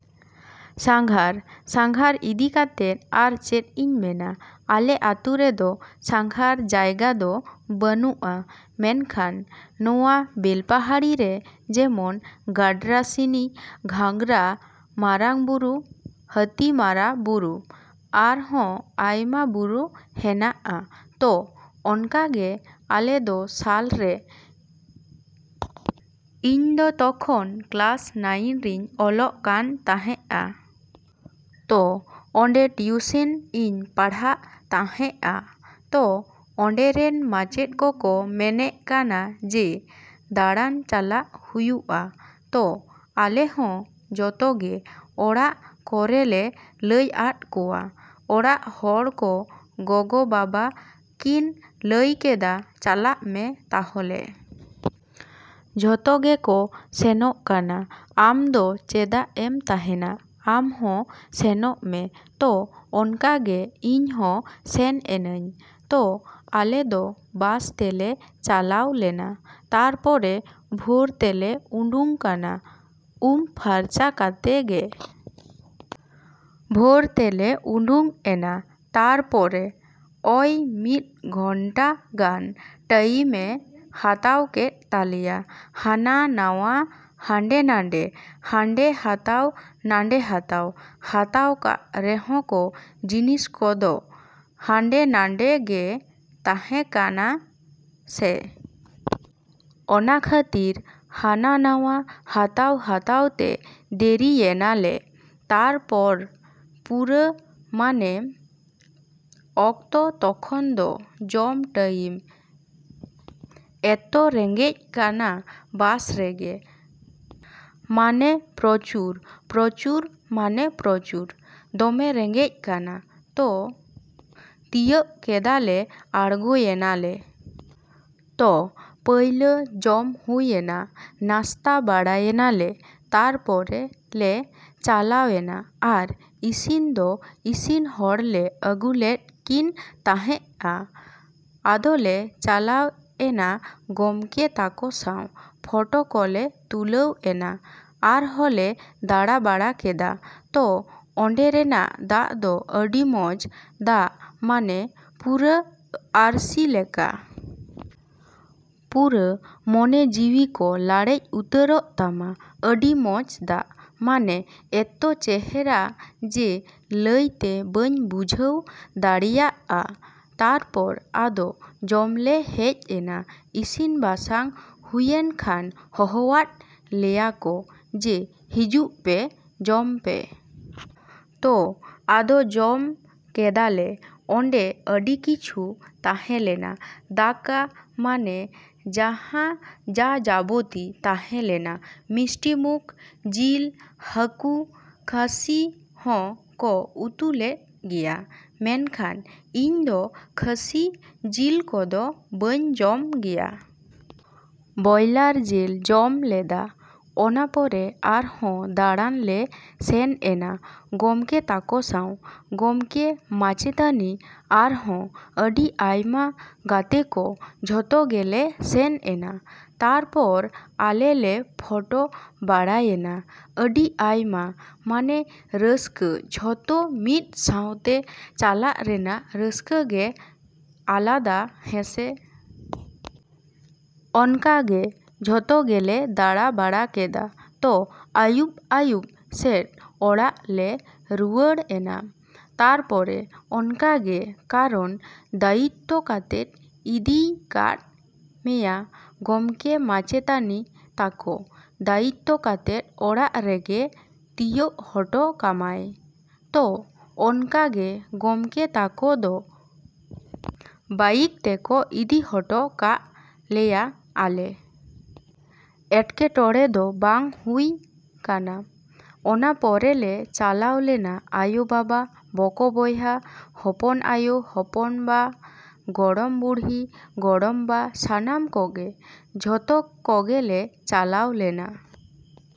ᱥᱟᱸᱜᱷᱟᱨ᱾ ᱥᱟᱸᱜᱷᱟᱨ ᱤᱫᱤ ᱠᱟᱛᱮ ᱟᱨ ᱪᱮᱫ ᱤᱧ ᱢᱮᱱᱟ, ᱟᱞᱮ ᱟᱛᱳ ᱨᱮᱫᱚ ᱥᱟᱸᱜᱷᱟᱨ ᱡᱟᱭᱜᱟ ᱫᱚ ᱵᱟᱹᱱᱩᱜᱼᱟ᱾ ᱢᱮᱱᱠᱷᱟᱱ ᱱᱚᱣᱟ ᱵᱮᱞᱯᱟᱦᱟᱲᱤ ᱨᱮ ᱡᱮᱢᱚᱱ ᱜᱟᱰᱨᱟᱥᱤᱱᱤ, ᱜᱷᱟᱜᱽᱨᱟ, ᱢᱟᱨᱟᱝ ᱵᱩᱨᱩ, ᱦᱟᱹᱛᱤᱢᱟᱨᱟ ᱵᱩᱨᱩ, ᱟᱨᱦᱚᱸ ᱟᱭᱢᱟ ᱵᱩᱨᱩ ᱦᱮᱱᱟᱜᱼᱟ᱾ ᱛᱚ, ᱚᱱᱠᱟᱜᱮ ᱟᱞᱮ ᱫᱚ ᱥᱟᱞ ᱨᱮ, ᱤᱧ ᱫᱚ ᱛᱚᱠᱷᱚᱱ ᱠᱞᱟᱥ ᱱᱟᱭᱤᱱ ᱨᱮᱧ ᱚᱞᱚᱜ ᱠᱟᱱ ᱛᱟᱦᱮᱸᱜᱼᱟ᱾ ᱛᱚ, ᱚᱸᱰᱮ ᱴᱤᱭᱩᱥᱤᱱ ᱤᱧ ᱯᱟᱲᱦᱟᱜ ᱛᱟᱦᱮᱸᱜᱼᱟ᱾ ᱛᱚ ᱚᱸᱰᱮ ᱨᱮᱱ ᱢᱟᱪᱮᱫ ᱠᱚᱠᱚ ᱢᱮᱱᱮ ᱠᱟᱱᱟ ᱡᱮ, ᱫᱟᱬᱟᱱ ᱪᱟᱞᱟᱜ ᱦᱩᱭᱩᱜᱼᱟ᱾ ᱛᱚ, ᱟᱞᱮ ᱦᱚᱸ ᱡᱚᱛᱚᱜᱮ ᱚᱲᱟᱜ ᱠᱚᱨᱮᱞᱮ ᱞᱟᱹᱭᱟᱫ ᱠᱚᱣᱟ᱾ ᱚᱲᱟᱜ ᱦᱚᱲ ᱠᱚ, ᱜᱚᱜᱚ-ᱵᱟᱵᱟ ᱠᱤᱱ ᱞᱟᱹᱭ ᱠᱮᱫᱟ ᱪᱟᱞᱟᱜ ᱢᱮ ᱛᱟᱦᱚᱞᱮ᱾ ᱡᱷᱚᱛᱚᱜᱮᱠᱚ ᱥᱮᱱᱚᱜ ᱠᱟᱱᱟ ᱟᱢ ᱫᱚ ᱪᱮᱫᱟᱜ ᱮᱢ ᱛᱟᱦᱮᱱᱟ? ᱟᱢ ᱦᱚᱸ ᱥᱮᱱᱚᱜ ᱢᱮ᱾ ᱛᱚ, ᱚᱱᱠᱟᱜᱮ ᱤᱧ ᱦᱚᱸ ᱥᱮᱱᱮᱱᱟᱹᱧ᱾ ᱛᱚ, ᱟᱞᱮ ᱫᱚ ᱵᱟᱥ ᱛᱮᱞᱮ ᱪᱟᱞᱟᱣ ᱞᱮᱱᱟ᱾ ᱛᱟᱨᱯᱚᱨᱮ ᱵᱷᱳᱨ ᱛᱮᱞᱮ ᱩᱰᱩᱝ ᱠᱟᱱᱟ, ᱩᱢ ᱯᱷᱟᱨᱪᱟ ᱠᱟᱛᱮ ᱜᱮ᱾ ᱵᱷᱳᱨ ᱛᱮᱞᱮ ᱩᱰᱩᱝ ᱮᱱᱟ, ᱛᱟᱨᱯᱚᱨᱮ ᱚᱭ ᱢᱤᱫ ᱜᱷᱚᱱᱴᱟ ᱜᱟᱱ ᱴᱟᱭᱤᱢᱮ ᱦᱟᱛᱟᱣ ᱠᱮᱫ ᱛᱟᱞᱮᱭᱟ ᱦᱟᱱᱟ ᱱᱟᱣᱟ, ᱦᱟᱸᱰᱮ ᱱᱟᱰᱮ, ᱦᱟᱸᱰᱮ ᱦᱟᱛᱟᱣ, ᱱᱟᱸᱰᱮ ᱦᱟᱛᱟᱣ, ᱦᱟᱛᱟᱣ ᱠᱟᱜ ᱨᱮᱦᱚᱸ ᱠᱚ ᱡᱤᱱᱤᱥ ᱠᱚᱫᱚ ᱦᱟᱸᱰᱮ ᱱᱷᱟᱰᱮ ᱜᱮ ᱛᱟᱦᱮᱸ ᱠᱟᱱᱟ ᱥᱮ᱾ ᱚᱱᱟ ᱠᱷᱟᱹᱛᱤᱨ ᱦᱟᱱᱟ ᱱᱟᱣᱟ ᱦᱟᱛᱟᱣ ᱦᱟᱛᱟᱣ ᱛᱮ ᱫᱮᱨᱤᱭᱮᱱᱟᱞᱮ᱾ ᱛᱟᱨᱯᱚᱨ ᱯᱩᱨᱟᱹ ᱢᱟᱱᱮ ᱚᱠᱛᱚ ᱛᱚᱠᱷᱚᱱ ᱫᱚ ᱡᱚᱢ ᱴᱟᱭᱤᱢ ᱮᱛᱚ ᱨᱮᱸᱜᱮᱡ ᱠᱟᱱᱟ ᱵᱟᱥ ᱨᱮᱜᱮ᱾ ᱢᱟᱱᱮ ᱯᱨᱚᱪᱩᱨ, ᱯᱨᱚᱪᱩᱨ ᱢᱟᱱᱮ ᱯᱨᱚᱪᱩᱨ᱾ ᱫᱚᱢᱮ ᱨᱮᱸᱜᱮᱡ ᱠᱟᱱᱟ᱾ ᱛᱚ, ᱛᱤᱭᱳᱜ ᱠᱮᱫᱟᱞᱮ ᱟᱬᱜᱚᱭᱮᱱᱟᱞᱮ᱾ ᱛᱚ, ᱯᱟᱹᱭᱞᱟᱹ ᱡᱚᱢ ᱦᱩᱭᱮᱱᱟ, ᱱᱟᱥᱛᱟ ᱵᱟᱲᱟᱭᱮᱱᱟᱞᱮ᱾ ᱛᱟᱨᱯᱚᱨᱮ ᱞᱮ ᱪᱟᱞᱟᱣᱮᱱᱟ ᱟᱨ ᱤᱥᱤᱱ ᱫᱚ ᱤᱥᱤᱱ ᱦᱚᱲᱞᱮ ᱟᱹᱜᱩᱞᱮᱫ ᱠᱤᱱ ᱛᱟᱦᱮᱸᱜᱼᱟ᱾ ᱟᱫᱚᱞᱮ ᱪᱟᱞᱟᱣ ᱮᱱᱟ ᱜᱚᱢᱠᱮ ᱛᱟᱠᱚ ᱥᱟᱶ᱾ ᱯᱷᱚᱴᱚ ᱠᱚᱞᱮ ᱛᱩᱞᱟᱹᱣ ᱮᱱᱟ᱾ ᱟᱨᱦᱚᱸᱞᱮ ᱫᱟᱬᱟᱵᱟᱲᱟ ᱠᱮᱫᱟ᱾ ᱛᱚ, ᱚᱸᱰᱮ ᱨᱮᱱᱟᱜ ᱫᱟᱜ ᱫᱚ ᱟᱹᱰᱤ ᱢᱚᱡᱽ ᱫᱟᱜ ᱢᱟᱱᱮ ᱯᱩᱨᱟᱹ ᱟᱨᱥᱤ ᱞᱮᱠᱟ᱾ ᱯᱩᱨᱟᱹ ᱢᱚᱱᱮ ᱡᱤᱣᱭᱤ ᱠᱚ ᱞᱟᱲᱮᱡ ᱩᱛᱟᱹᱨᱚᱜ ᱛᱟᱢᱟ᱾ ᱟᱹᱰᱤ ᱢᱚᱡᱽ ᱫᱟᱜ, ᱢᱟᱱᱮ ᱮᱛᱚ ᱪᱮᱦᱨᱟ ᱡᱮ, ᱞᱟᱹᱭᱛᱮ ᱵᱟᱹᱧ ᱵᱩᱡᱷᱟᱹᱣ ᱫᱟᱲᱮᱭᱟᱜᱼᱟ᱾ ᱛᱟᱨᱯᱚᱨ ᱟᱫᱚ ᱡᱚᱢᱞᱮ ᱦᱮᱡ ᱮᱱᱟ᱾ ᱤᱥᱤᱱ ᱵᱟᱥᱟᱝ ᱦᱩᱭᱮᱱ ᱠᱷᱟᱱ ᱦᱚᱦᱚᱣᱟᱫ ᱞᱮᱭᱟ ᱠᱚ, ᱡᱮ, ᱦᱤᱡᱩᱜ ᱯᱮ, ᱡᱚᱢᱯᱮ᱾ ᱛᱚ, ᱟᱫᱚ ᱡᱚᱢ ᱠᱮᱫᱟᱞᱮ᱾ ᱚᱸᱰᱮ ᱟᱹᱰᱤ ᱠᱤᱪᱷᱩ ᱛᱟᱦᱮᱞᱮᱱᱟ, ᱫᱟᱠᱟ, ᱢᱟᱱᱮ ᱡᱟᱦᱟᱸ ᱡᱟ, ᱡᱟᱵᱚᱛᱤ ᱛᱟᱦᱮᱞᱮᱱᱟ᱾ ᱢᱤᱥᱴᱤ ᱢᱩᱠᱷ, ᱡᱤᱞ, ᱦᱟᱹᱠᱩ, ᱠᱷᱟᱹᱥᱤ ᱦᱚᱸ ᱠᱚ ᱩᱛᱩ ᱞᱮᱫ ᱜᱮᱭᱟ᱾ ᱢᱮᱱᱠᱷᱟᱱ ᱤᱧ ᱫᱚ ᱠᱷᱟᱹᱥᱤ ᱡᱤᱞ ᱠᱚᱫᱚ ᱵᱟᱹᱧ ᱡᱚᱢ ᱜᱮᱭᱟ᱾ ᱵᱚᱭᱞᱟᱨ ᱡᱮᱞ ᱡᱚᱢ ᱞᱮᱫᱟ᱾ ᱚᱱᱟ ᱯᱚᱨᱮ ᱟᱨᱦᱚᱸ ᱫᱟᱬᱟᱱ ᱞᱮ ᱥᱮᱱᱮᱱᱟ ᱜᱚᱢᱠᱮ ᱛᱟᱠᱚ ᱥᱟᱸᱶ᱾ ᱜᱚᱢᱠᱮ, ᱢᱟᱪᱮᱛᱟᱹᱱᱤ ᱟᱨᱦᱚᱸ ᱟᱹᱰᱤ ᱟᱭᱢᱟ ᱜᱟᱛᱮ ᱠᱚ ᱡᱷᱚᱛᱚ ᱜᱮᱞᱮ ᱥᱮᱱ ᱮᱱᱟ᱾ ᱛᱟᱨᱯᱚᱨ ᱟᱞᱮ ᱞᱮ ᱯᱷᱚᱴᱚ ᱵᱟᱲᱟᱭᱮᱱᱟ᱾ ᱟᱹᱰᱤ ᱟᱭᱢᱟ ᱢᱟᱱᱮ ᱨᱟᱹᱥᱠᱟᱹ ᱡᱷᱚᱛᱚ ᱢᱤᱫ ᱥᱟᱶᱛᱮ ᱪᱟᱞᱟᱜ ᱨᱮᱱᱟᱜ ᱨᱟᱹᱥᱠᱟᱹ ᱜᱮ ᱟᱞᱟᱫᱟ ᱦᱮᱸᱥᱮ᱾ ᱚᱱᱠᱟ ᱜᱮ ᱡᱷᱚᱛᱚ ᱜᱮᱞᱮ ᱫᱟᱬᱟ ᱵᱟᱲᱟ ᱠᱮᱫᱟ, ᱛᱚ, ᱟᱭᱩᱵ ᱟᱭᱩᱵ ᱥᱮᱫ ᱚᱲᱟᱜ ᱞᱮ ᱨᱩᱣᱟᱹᱲᱮᱱᱟ᱾ ᱛᱟᱨᱯᱚᱨᱮ ᱚᱱᱠᱟᱜᱮ, ᱠᱟᱨᱚᱱ, ᱫᱟᱭᱤᱛᱛᱚ ᱠᱟᱛᱮ ᱤᱫᱤᱭ ᱠᱟᱫ ᱢᱮᱭᱟ ᱜᱚᱢᱠᱮ ᱢᱟᱪᱮᱛᱟᱱᱤ ᱛᱟᱠᱚ, ᱫᱟᱭᱤᱛᱛᱚ ᱠᱟᱛᱮ ᱚᱲᱟᱜ ᱨᱮᱜᱮ ᱛᱤᱭᱟᱹᱜ ᱦᱚᱴᱚ ᱠᱟᱢᱟᱭ᱾ ᱛᱚ, ᱚᱱᱠᱟ ᱜᱮ ᱜᱚᱢᱠᱮ ᱛᱟᱠᱚ ᱫᱚ ᱵᱟᱭᱤᱠ ᱛᱮᱠᱚ ᱤᱫᱤ ᱦᱚᱴᱚ ᱠᱟᱜ ᱞᱮᱭᱟ ᱟᱞᱮ᱾ ᱮᱴᱠᱮᱴᱚᱬᱮ ᱫᱚ ᱵᱟᱝ ᱦᱩᱭ ᱠᱟᱱᱟ᱾ ᱚᱱᱟ ᱯᱚᱨᱞᱮ ᱪᱟᱞᱟᱣ ᱞᱮᱱᱟ ᱟᱭᱳᱼᱵᱟᱵᱟ, ᱵᱚᱠᱚ ᱵᱚᱭᱦᱟ, ᱦᱚᱯᱚᱱ ᱟᱭᱳ ᱦᱚᱯᱚᱱ ᱵᱟ, ᱜᱚᱲᱚᱢ ᱵᱩᱲᱦᱤ ᱜᱚᱲᱚᱢ ᱵᱟ ᱥᱟᱱᱟᱢ ᱠᱚᱜᱮ᱾ ᱡᱷᱚᱛᱚ ᱠᱚᱜᱮᱞᱮ ᱪᱟᱞᱟᱣ ᱞᱮᱱᱟ ᱾